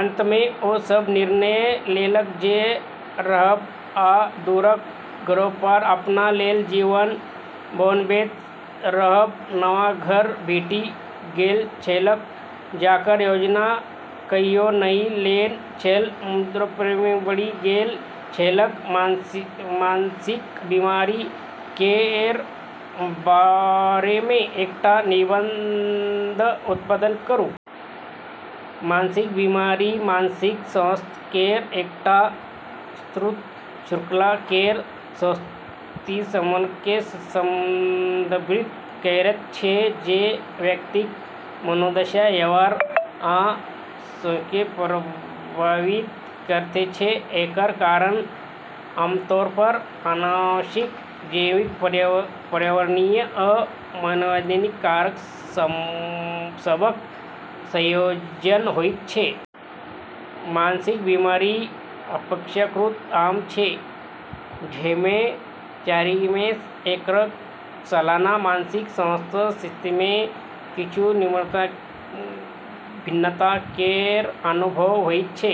अंतमे ओ सब निर्णय लेलक जे रहब आ दूरक ग्रहपर अपना लेल जीवन बनाबैत रहब। नव घर भेटि गेल छलैक, जकर योजना कहियो नहि केने छल मुदा प्रेममे बढ़ि गेल छलैक। मानसिक बीमारी केर बारेमे एकटा निबंध उत्पन्न करू। मानसिक बीमारी मानसिक स्वास्थ्य केर एकटा विस्तृत श्रृंखला केर स्थितिसभकेँ संदर्भित करैत छै जे व्यक्तिक मनोदशा, व्यवहार आ सोचकेँ प्रभावित करैत छै। एकर कारण आमतौरपर आनुवंशिक, जैविक, पर्यावरणीय आ मनोवैज्ञानिक कारक सभक संयोजन होइत छै। मानसिक बीमारी अपेक्षाकृत आम छै, जाहिमे चारिमेसँ एककेँ सालाना मानसिक स्वास्थ्य स्थितिमे किछु भिन्नता केर अनुभव होइत छै।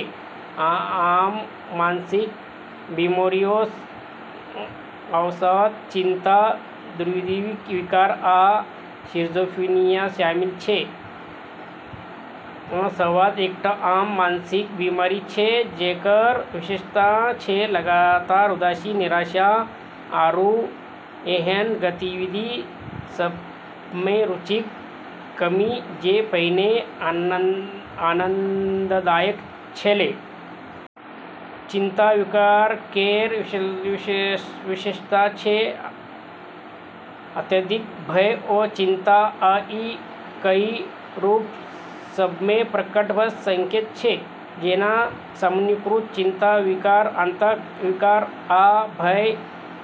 आम मानसिक बीमारीमे अवसाद, चिंता, द्विध्रुवी विकार, आ सिजोफ्रेनिया शामिल छै। अवसाद एकटा आम मानसिक बीमारी छै जेकर विशेषता छै लगातार उदासी, निराशा, आरू एहन गतिविधि सभमे रुचिक कमी जे पहिने आनंददायक छलै। चिंता विकार केर विशेषता छै अत्यधिक भय वा चिंता आ ई कई रूप सभमे प्रकट भऽ सकैत छै जेना सामान्यीकृत चिंता विकार, आतंक विकार, आ भय।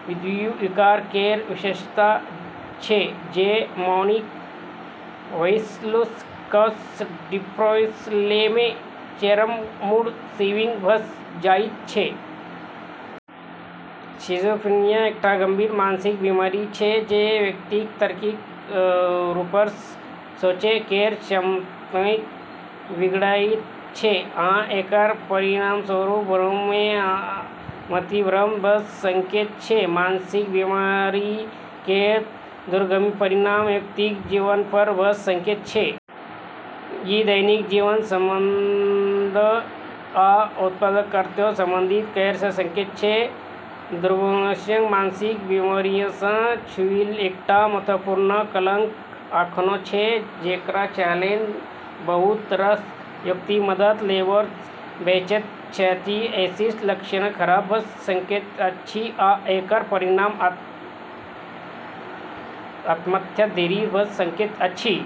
द्विध्रुवी विकार केर विशेषता छै जे मैनिक हाईसँ लऽ कऽ डिप्रेसिव लोमे चरम मूड स्विंग भऽ जाइत छै। सिजोफ्रेनिया एकटा गंभीर मानसिक बीमारी छै जे व्यक्तिक तार्किक रूपसँ सोचै केर क्षमताकेँ बिगाड़ैत छै आ एकर परिणामस्वरूप भ्रम आ मतिभ्रम भऽ सकैत छै। मानसिक बीमारी केर दूरगामी परिणाम व्यक्तिक जीवनपर भऽ सकैत छै। ई दैनिक जीवन, संबंध, आ उत्पादकताकेँ बाधित कऽ सकैत छै। दुर्भाग्यवश, मानसिक बीमारीसँ जुड़ल एकटा महत्वपूर्ण कलंक अखनो छै, जेकरा चलैत बहुत रास व्यक्ति मदद लेबैसँ बचैत छथि। एहिसँ लक्षण खराब भऽ सकैत अछि आ एकर परिणाम आत्महत्या धरि भऽ सकैत अछि।